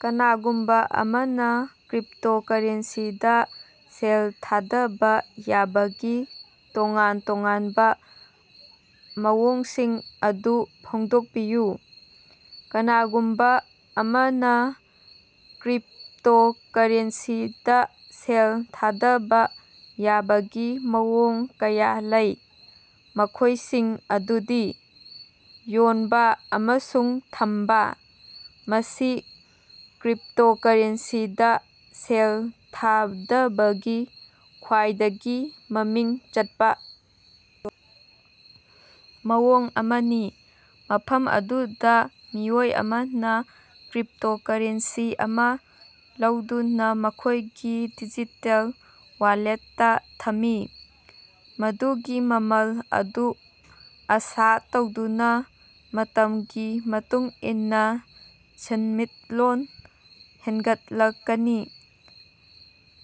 ꯀꯅꯥꯒꯨꯝꯕ ꯑꯃꯅ ꯀ꯭ꯔꯤꯞꯇꯣꯀꯔꯦꯟꯁꯤꯗ ꯁꯦꯜ ꯊꯥꯗꯕ ꯌꯥꯕꯒꯤ ꯇꯣꯉꯥꯟ ꯇꯣꯉꯥꯟꯕ ꯃꯑꯣꯡꯁꯤꯡ ꯑꯗꯨ ꯐꯣꯡꯗꯣꯛꯄꯤꯌꯨ꯫ ꯀꯅꯥꯒꯨꯝꯕ ꯑꯃꯅ ꯀ꯭ꯔꯤꯞꯇꯣꯀꯔꯦꯟꯁꯤꯗ ꯁꯦꯜ ꯊꯥꯗꯕ ꯌꯥꯕꯒꯤ ꯃꯑꯣꯡ ꯀꯌꯥ ꯂꯩ꯫ ꯃꯈꯣꯏꯁꯤꯡ ꯑꯗꯨꯗꯤ: ꯌꯣꯟꯕ ꯑꯃꯁꯨꯡ ꯊꯝꯕ – ꯃꯁꯤ ꯀ꯭ꯔꯤꯞꯇꯣꯀꯔꯦꯟꯁꯤꯗ ꯁꯦꯜ ꯊꯥꯗꯕꯒꯤ ꯈ꯭ꯋꯥꯏꯗꯒꯤ ꯃꯃꯤꯡ ꯆꯠꯄ ꯃꯑꯣꯡ ꯑꯃꯅꯤ꯫ ꯃꯐꯝ ꯑꯗꯨꯗ ꯃꯤꯑꯣꯏ ꯑꯃꯅ ꯀ꯭ꯔꯤꯞꯇꯣꯀꯔꯦꯟꯁꯤ ꯑꯃ ꯂꯧꯗꯨꯅ ꯃꯈꯣꯏꯒꯤ ꯗꯤꯖꯤꯇꯦꯜ ꯋꯥꯂꯦꯠꯇ ꯊꯝꯃꯤ꯫ ꯃꯗꯨꯒꯤ ꯃꯃꯜ ꯑꯗꯨ ꯑꯥꯁꯥ ꯇꯧꯗꯨꯅ ꯃꯇꯝꯒꯤ ꯃꯇꯨꯡ ꯏꯟꯅ ꯁꯦꯟꯃꯤꯠꯂꯣꯟ ꯍꯦꯟꯒꯠꯂꯛꯀꯅꯤ꯫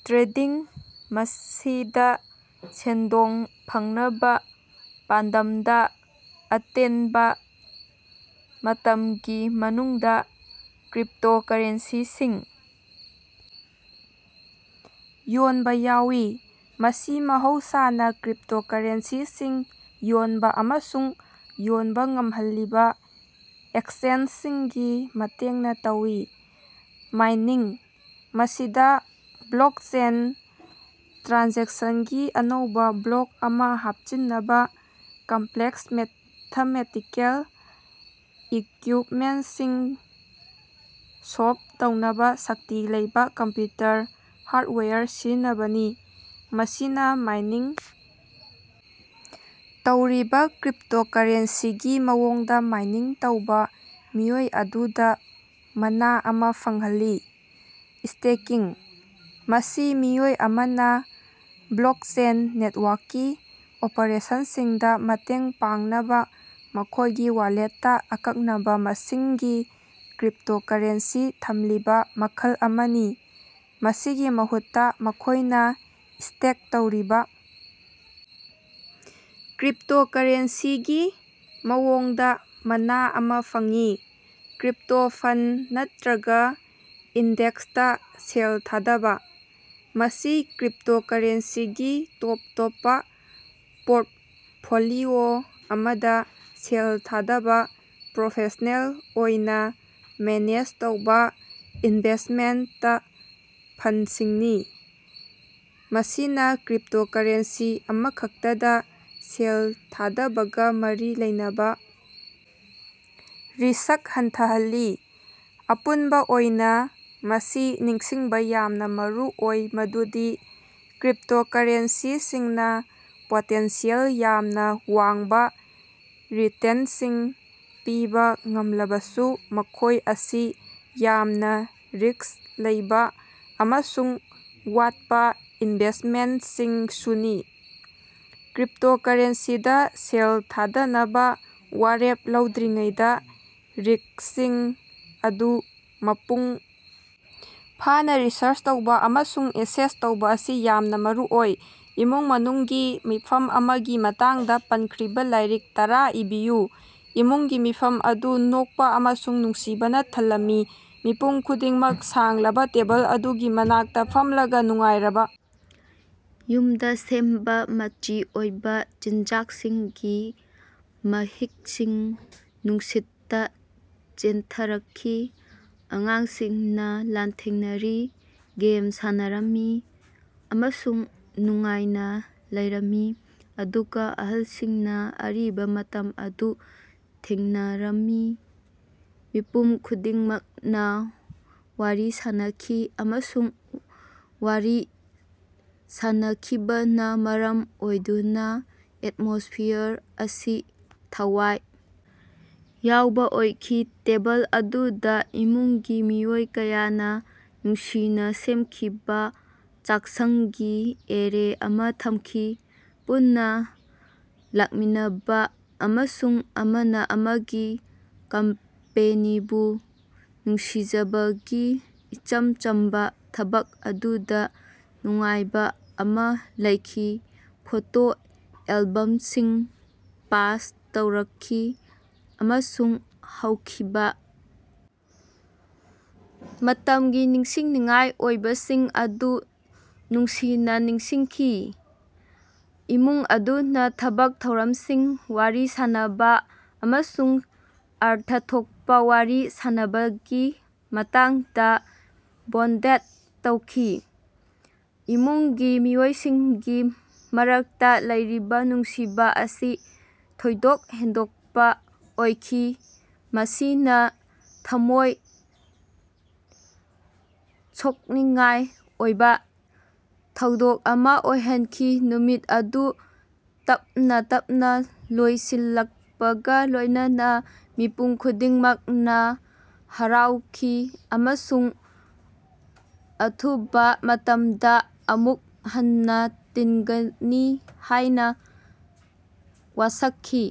ꯇ꯭ꯔꯦꯗꯤꯡ – ꯃꯁꯤꯗ ꯁꯦꯟꯗꯣꯡ ꯐꯪꯅꯕ ꯄꯥꯟꯗꯝꯗ ꯑꯇꯦꯟꯕ ꯃꯇꯝꯒꯤ ꯃꯅꯨꯡꯗ ꯀ꯭ꯔꯤꯞꯇꯣꯀꯔꯦꯟꯁꯤꯁꯤꯡ ꯌꯣꯟꯕ ꯌꯥꯑꯣꯏ꯫ ꯃꯁꯤ ꯃꯍꯧꯁꯥꯅ ꯀ꯭ꯔꯤꯞꯇꯣꯀꯔꯦꯟꯁꯤꯁꯤꯡ ꯌꯣꯟꯕ ꯑꯃꯁꯨꯡ ꯌꯣꯟꯕ ꯉꯝꯍꯜꯂꯤꯕ ꯑꯦꯛꯁꯆꯦꯟꯖꯁꯤꯡꯒꯤ ꯃꯇꯦꯡꯅ ꯇꯧꯏ꯫ ꯃꯥꯏꯅꯤꯡ – ꯃꯁꯤꯗ ꯕ꯭ꯂꯣꯛꯆꯦꯟꯗ ꯇ꯭ꯔꯥꯟꯖꯦꯛꯁꯟꯒꯤ ꯑꯅꯧꯕ ꯕ꯭ꯂꯣꯛ ꯑꯃ ꯍꯥꯞꯆꯤꯟꯅꯕ ꯀꯝꯄ꯭ꯂꯦꯛꯁ ꯃꯦꯊꯃꯦꯇꯤꯀꯦꯜ ꯏꯀ꯭ꯌꯨꯏꯞꯃꯦꯟꯇꯁꯤꯡ ꯁꯣꯜꯚ ꯇꯧꯅꯕ ꯁꯛꯇꯤ ꯂꯩꯕ ꯀꯝꯄ꯭ꯌꯨꯇꯔ ꯍꯥꯔꯗꯋꯦꯌꯔ ꯁꯤꯖꯤꯟꯅꯕꯅꯤ꯫ ꯃꯁꯤꯅ ꯃꯥꯏꯅꯤꯡ ꯇꯧꯔꯤꯕ ꯀ꯭ꯔꯤꯞꯇꯣꯀꯔꯦꯟꯁꯤꯒꯤ ꯃꯑꯣꯡꯗ ꯃꯥꯏꯅꯤꯡ ꯇꯧꯕ ꯃꯤꯑꯣꯏ ꯑꯗꯨꯗ ꯃꯅꯥ ꯑꯃ ꯐꯪꯍꯜꯂꯤ꯫ ꯁ꯭ꯇꯦꯀꯤꯡ – ꯃꯁꯤ ꯃꯤꯑꯣꯏ ꯑꯃꯅ ꯕ꯭ꯂꯣꯛꯆꯦꯟ ꯅꯦꯠꯋꯥꯔꯛꯀꯤ ꯑꯣꯄꯔꯦꯁꯟꯁꯤꯡꯗ ꯃꯇꯦꯡ ꯄꯥꯡꯅꯕ ꯃꯈꯣꯏꯒꯤ ꯋꯥꯂꯦꯠꯇ ꯑꯀꯛꯅꯕ ꯃꯁꯤꯡꯒꯤ ꯀ꯭ꯔꯤꯞꯇꯣꯀꯔꯦꯟꯁꯤ ꯊꯝꯂꯤꯕ ꯃꯈꯜ ꯑꯃꯅꯤ꯫ ꯃꯁꯤꯒꯤ ꯃꯍꯨꯠꯇ ꯃꯈꯣꯏꯅ ꯁ꯭ꯇꯦꯛ ꯇꯧꯔꯤꯕ ꯀ꯭ꯔꯤꯞꯇꯣꯀꯔꯦꯟꯁꯤꯒꯤ ꯃꯑꯣꯡꯗ ꯃꯅꯥ ꯑꯃ ꯐꯪꯏ꯫ ꯀ꯭ꯔꯤꯞꯇꯣ ꯐꯟꯗ ꯅꯠꯇ꯭ꯔꯒ ꯏꯟꯗꯦꯛꯁꯇ ꯁꯦꯜ ꯊꯥꯗꯕ – ꯃꯁꯤ ꯀ꯭ꯔꯤꯞꯇꯣꯀꯔꯦꯟꯁꯤꯒꯤ ꯇꯣꯞ ꯇꯣꯞꯄ ꯄꯣꯔꯠꯐꯣꯂꯤꯑꯣ ꯑꯃꯗ ꯁꯦꯜ ꯊꯥꯗꯕ ꯄ꯭ꯔꯣꯐꯦꯁ꯭ꯅꯦꯜ ꯑꯣꯏꯅ ꯃꯦꯅꯦꯖ ꯇꯧꯕ ꯏꯟꯚꯦꯁꯠꯃꯦꯟꯇ ꯐꯟꯗꯁꯤꯡꯅꯤ꯫ ꯃꯁꯤꯅ ꯀ꯭ꯔꯤꯞꯇꯣꯀꯔꯦꯟꯁꯤ ꯑꯃꯈꯛꯇꯗ ꯁꯦꯜ ꯊꯥꯗꯕꯒ ꯃꯔꯤ ꯂꯩꯅꯕ ꯔꯤꯁꯛ ꯍꯟꯊꯍꯜꯂꯤ꯫ ꯑꯄꯨꯟꯕ ꯑꯣꯏꯅ, ꯃꯁꯤ ꯅꯤꯡꯁꯤꯡꯕ ꯌꯥꯝꯅ ꯃꯔꯨ ꯑꯣꯏ ꯃꯗꯨꯗꯤ ꯀ꯭ꯔꯤꯞꯇꯣꯀꯔꯦꯟꯁꯤꯁꯤꯡꯅ ꯄꯣꯇꯦꯟꯁꯤꯌꯦꯜ ꯌꯥꯝꯅ ꯋꯥꯡꯕ ꯔꯤꯇꯦꯟꯇꯁꯤꯡ ꯄꯤꯕ ꯉꯝꯂꯕꯁꯨ ꯃꯈꯣꯏ ꯑꯁꯤ ꯌꯥꯝꯅ ꯔꯤꯁ꯭ꯛ ꯂꯩꯕ ꯑꯃꯁꯨꯡ ꯋꯥꯠꯄ ꯏꯟꯚꯦꯁꯇꯃꯦꯟꯇꯁꯤꯡꯁꯨꯅꯤ꯫ ꯀ꯭ꯔꯤꯞꯇꯣꯀꯔꯦꯟꯁꯤꯗ ꯁꯦꯜ ꯊꯥꯗꯅꯕ ꯋꯥꯔꯦꯞ ꯂꯧꯗ꯭ꯔꯤꯉꯩꯗ ꯔꯤꯁꯀꯁꯤꯡ ꯑꯗꯨ ꯃꯄꯨꯡ ꯐꯥꯅ ꯔꯤꯁꯔꯆ ꯇꯧꯕ ꯑꯃꯁꯨꯡ ꯑꯦꯁꯦꯁ ꯇꯧꯕ ꯑꯁꯤ ꯌꯥꯝꯅ ꯃꯔꯨꯑꯣꯏ꯫ ꯏꯃꯨꯡ ꯃꯅꯨꯡꯒꯤ ꯃꯤꯐꯝ ꯑꯃꯒꯤ ꯃꯇꯥꯡꯗ ꯄꯟꯈ꯭ꯔꯤꯕ ꯂꯥꯏꯔꯤꯛ ꯇꯔꯥ ꯏꯕꯤꯌꯨ꯫ ꯏꯃꯨꯡꯒꯤ ꯃꯤꯐꯝ ꯑꯗꯨ ꯅꯣꯛꯄ ꯑꯃꯁꯨꯡ ꯅꯨꯡꯁꯤꯕꯅ ꯊꯜꯂꯝꯃꯤ꯫ ꯃꯤꯄꯨꯝ ꯈꯨꯗꯤꯡꯃꯛ ꯁꯥꯡꯂꯕ ꯇꯦꯕꯜ ꯑꯗꯨꯒꯤ ꯃꯅꯥꯛꯇ ꯐꯝꯂꯒ ꯅꯨꯡꯉꯥꯏꯔꯕ ꯌꯨꯝꯗ ꯁꯦꯝꯕ ꯃꯆꯤ ꯑꯣꯏꯕ ꯆꯤꯟꯖꯥꯛꯁꯤꯡꯒꯤ ꯃꯍꯤꯛꯁꯤꯡ ꯅꯨꯡꯁꯤꯠꯇ ꯆꯦꯟꯊꯔꯛꯈꯤ꯫ ꯑꯉꯥꯡꯁꯤꯡꯅ ꯂꯥꯟꯊꯦꯡꯅꯔꯤ, ꯒꯦꯝ ꯁꯥꯟꯅꯔꯝꯃꯤ ꯑꯃꯁꯨꯡ ꯅꯨꯡꯉꯥꯏꯅ ꯂꯩꯔꯝꯃꯤ ꯑꯗꯨꯒ ꯑꯍꯜꯁꯤꯡꯅ ꯑꯔꯤꯕ ꯃꯇꯝ ꯑꯗꯨ ꯊꯦꯡꯅꯔꯝꯃꯤ꯫ ꯃꯤꯄꯨꯝ ꯈꯨꯗꯤꯡꯃꯛꯅ ꯋꯥꯔꯤ ꯁꯥꯅꯈꯤ ꯑꯃꯁꯨꯡ ꯋꯥꯔꯤ ꯁꯥꯅꯈꯤꯕꯅ ꯃꯔꯝ ꯑꯣꯏꯗꯨꯅ ꯑꯦꯠꯃꯣꯁꯐꯤꯌꯔ ꯑꯁꯤ ꯊꯋꯥꯏ ꯌꯥꯎꯕ ꯑꯣꯏꯈꯤ꯫ ꯇꯦꯕꯜ ꯑꯗꯨꯗ ꯏꯃꯨꯡꯒꯤ ꯃꯤꯑꯣꯏ ꯀꯌꯥꯅ ꯅꯨꯡꯁꯤꯅ ꯁꯦꯝꯈꯤꯕ ꯆꯥꯛꯁꯪꯒꯤ ꯑꯦꯔꯦ ꯑꯃ ꯊꯝꯈꯤ꯫ ꯄꯨꯟꯅ ꯂꯥꯛꯃꯤꯟꯅꯕ ꯑꯃꯁꯨꯡ ꯑꯃꯅ ꯑꯃꯒꯤ ꯀꯝꯄꯦꯅꯤꯕꯨ ꯅꯨꯡꯁꯤꯖꯕꯒꯤ ꯏꯆꯝ ꯆꯝꯕ ꯊꯕꯛ ꯑꯗꯨꯗ ꯅꯨꯡꯉꯥꯏꯕ ꯑꯃ ꯂꯩꯈꯤ꯫ ꯐꯣꯇꯣ ꯑꯦꯜꯕꯝꯁꯤꯡ ꯄꯥꯁ ꯇꯧꯔꯛꯈꯤ ꯑꯃꯁꯨꯡ ꯍꯧꯈꯤꯕ ꯃꯇꯝꯒꯤ ꯅꯤꯡꯁꯤꯡꯅꯤꯡꯉꯥꯏ ꯑꯣꯏꯕꯁꯤꯡ ꯑꯗꯨ ꯅꯨꯡꯁꯤꯅ ꯅꯤꯡꯁꯤꯡꯈꯤ꯫ ꯏꯃꯨꯡ ꯑꯗꯨꯅ ꯊꯕꯛ ꯊꯧꯔꯝꯁꯤꯡ, ꯋꯥꯔꯤ ꯁꯥꯟꯅꯕ ꯑꯃꯁꯨꯡ ꯑꯔꯊ ꯊꯣꯛꯄ ꯋꯥꯔꯤ ꯁꯥꯟꯅꯕꯒꯤ ꯃꯇꯥꯡꯗ ꯕꯣꯟꯗꯦꯗ ꯇꯧꯈꯤ꯫ ꯏꯃꯨꯡꯒꯤ ꯃꯤꯑꯣꯏꯁꯤꯡꯒꯤ ꯃꯔꯛꯇ ꯂꯩꯔꯤꯕ ꯅꯨꯡꯁꯤꯕ ꯑꯁꯤ ꯊꯣꯏꯗꯣꯛ ꯍꯦꯟꯗꯣꯛꯄ ꯑꯣꯏꯈꯤ꯫ ꯃꯁꯤꯅ ꯊꯝꯃꯣꯏ ꯁꯣꯛꯅꯤꯡꯉꯥꯏ ꯑꯣꯏꯕ ꯊꯧꯗꯣꯛ ꯑꯃ ꯑꯣꯏꯍꯟꯈꯤ꯫ ꯅꯨꯃꯤꯠ ꯑꯗꯨ ꯇꯞꯅ ꯇꯞꯅ ꯂꯣꯏꯁꯤꯜꯂꯛꯄꯒ ꯂꯣꯏꯅꯅ ꯃꯤꯄꯨꯝ ꯈꯨꯗꯤꯡꯃꯛꯅ ꯍꯔꯥꯎꯈꯤ ꯑꯃꯁꯨꯡ ꯑꯊꯨꯕ ꯃꯇꯝꯗ ꯑꯃꯨꯛ ꯍꯟꯅ ꯇꯤꯟꯒꯅꯤ ꯍꯥꯏꯅ ꯋꯥꯁꯛꯈꯤ꯫